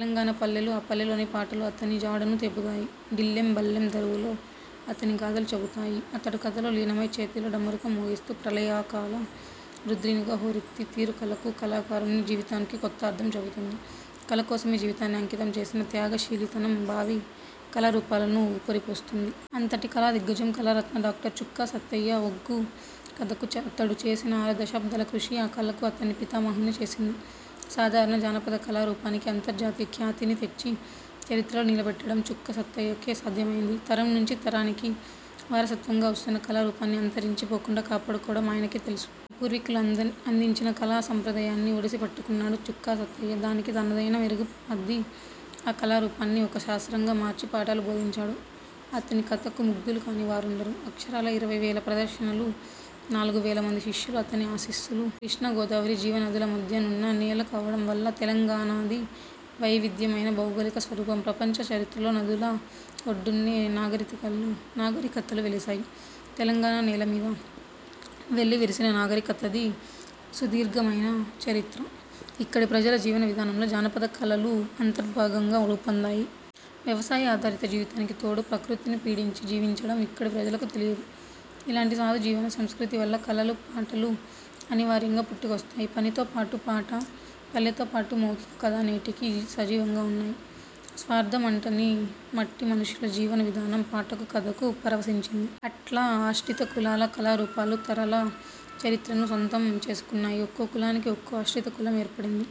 తెలంగాణ పల్లెలు, ఆ పల్లెల్లోని పాటలు అతని జాడను చెబుతాయి. డిల్లెం బల్లెం దరువులు అతని గాథను చెబుతాయి. అతడు కథలో లీనమై, చేతిలో డమరుకం మోగిస్తూ, ప్రళయకాల రుద్రునిగా హోరెత్తే తీరు కళకు, కళాకారుని జీవితానికి కొత్త అర్థం చెబుతుంది. కళ కోసమే జీవితాన్ని అంకితం చేసిన త్యాగ శీలితనం భావి కళా రూపాలకు ఊపిరిపోస్తుంది. అంతటి కళా దిగ్గజం కళారత్న డా. చుక్క సత్తయ్య ఒగ్గు కథకు అతడు చేసిన ఆరు దశాబ్దాల కృషి, ఆ కళకు అతణ్ణి పితామహున్ని చేసింది. సాధారణ జానపద కళా రూపానికి అంతర్జాతీయ ఖ్యాతిని తెచ్చి, చరిత్రలో నిలబెట్టడం చుక్క సత్తయ్యకే సాధ్యమయ్యింది. తరం నుండి తరానికి వారసత్వంగా వస్తున్న కళా రూపాన్ని, అంతరించి పోకుండా కాపాడు కోవడం ఆయనకే తెలుసు. తన పూర్వీకులు అందించిన కళా సంప్రదాయాన్ని ఒడిసి పట్టుకున్నాడు చుక్క సత్తయ్య. దానికి తనదైన మెరుగులు అద్ది ఆ కళా రూపాన్ని ఒక శాస్త్రంగా మార్చి పాఠాలు బోధించాడు. అతని కథకు ముగ్ధులు కాని వారుండరు. అక్షరాలా ఇరవై వేల ప్రదర్శనలు, నాలుగు వేల మంది శిష్యులు అతని ఆస్తులు. కృష్ణా, గోదావరి జీవ నదుల మధ్య నున్న నేల కావడం వల్ల తెలంగాణది వై విధ్యమైన భౌగోళిక స్వరూపం. ప్రపంచ చరిత్రలో నదుల ఒడ్డున్నే నాగరికతలు వెలిశాయి. తెలంగాణ నేల మీద వెల్లి విరిసిన నాగరికతది సుదీర్ఘమైన చరిత్ర. ఇక్కడి ప్రజల జీవన విధానంలో జానపద కళలు అంతర్భాగంగా రూపొందాయి. వ్యవసాయ ఆధారిత జీవితానికి తోడు, ప్రకృతిని పీడించి జీవించడం ఇక్కడి ప్రజలకు తెలియదు. ఇలాంటి సాధు జీవన సంస్కృతి వల్ల కళలు, పాటలు అనివార్యంగా పుట్టుకొస్తాయి. పనితో పాటు పాట, పల్లెతో పాటు మౌఖిక కథ నేటికి సజీవంగా ఉన్నాయి. స్వార్థం అంటని మట్టి మనుషుల జీవన విధానం పాటకు, కథకు పరవశించింది. అట్లా ఆశ్రిత కులాల కళా రూపాలు తరాల చరిత్రను సొంతం చేసుకున్నాయి. ఒక్కో కులానికి ఒక్కో ఆశ్రిత కులం ఏర్పడింది.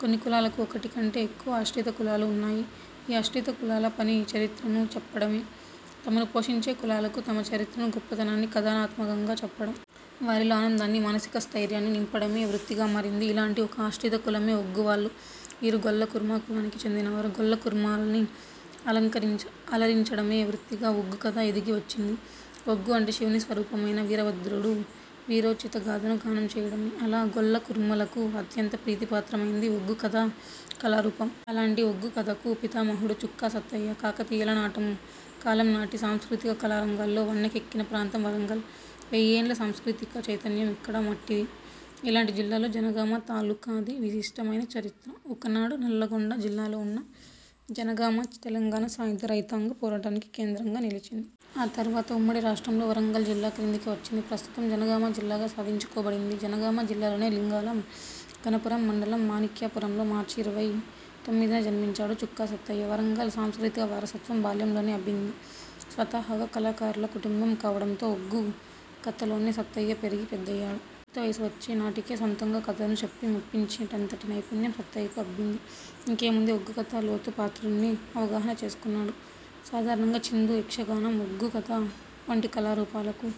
కొన్ని కులాలకు ఒకటి కంటే ఎక్కువగా ఆశ్రిత కులాలు ఉన్నాయి. ఈ ఆశ్రిత కులాల పని చరిత్రను చెప్పడమే. తమను పోషించే కులాలకు తమ చరిత్రను గొప్పతనాన్ని కథనాత్మకంగా చెప్పడం. వారిలో ఆనందాన్ని, మానసిక స్థైర్యాన్ని నింపడమే వృత్తిగా మారింది. ఇలాంటి ఒక ఆశ్రిత కులమే ఒగ్గువాళ్లు. వీరు గొల్లకుర్మ కులానికి చెందినవారు. గొల్లకుర్మల్ని అలరించడమే వృత్తిగా ఒగ్గు కథ ఎదిగివచ్చింది. ఒగ్గు అంటే శివుని స్వరూపమైన వీరభద్రుడు వీరోచిత గాథను గానం చేయడమే. అలా గొల్లకుర్మలకు అత్యంత ప్రీతిపాత్రమైంది ఒగ్గు కథా కళా రూపం. అలాంటి ఒగ్గుకథకు పితామహుడు చుక్క సత్తయ్య. కాకతీయుల కాలం నాటికి సాంస్కృతిక కళా రంగాల్లో వన్నెకెక్కిన ప్రాంతం వరంగల్. వెయ్యేండ్ల సాంస్కృతిక చైతన్యం ఇక్కడి మట్టిది. ఇలాంటి జిల్లాలో జనగామ తాలూకాది విశిష్టమైన చరిత్ర. ఒకనాడు నల్లగొండ జిల్లాలో ఉన్న జనగామ తెలంగాణ సాయుధ రైతాంగ పోరాటానికి కేంద్రంగా నిలిచిన్. ఆ తరువాత ఉమ్మడి రాష్ట్రంలో వరంగల్ జిల్లా క్రిందికి వచ్చింది. ప్రస్తుతం జనగామ జిల్లాగా సాధించుకోబడింది. జనగామ జిల్లాలోని లింగాల ఘనపురం మండలం, మాణిక్యా పురంలో మార్చి ఇరవై తొమ్మిదిన జన్మించాడు చుక్క సత్తయ్య. వరంగల్ సాంస్కృతిక వారసత్వం బాల్యంలోనే అబ్బింది. స్వతహాగా కళాకారుల కుటుంబం కావడంతో ఒగ్గు కథతోనే సత్తయ్య పెరిగి పెద్దయ్యాడు. యుక్తవయసు వచ్చే నాటికే సొంతంగా కథను చెప్పి మెప్పించేటంతటి నైపుణ్యం సత్తయ్యకు అబ్బింది. ఇంకేముంది ఒగ్గుకథ లోతు పాతుల్ని అవగాహన చేసుకున్నాడు. సాధారణంగా చిందు యక్షగానం, ఒగ్గు కథ వంటి కళారూపాలకు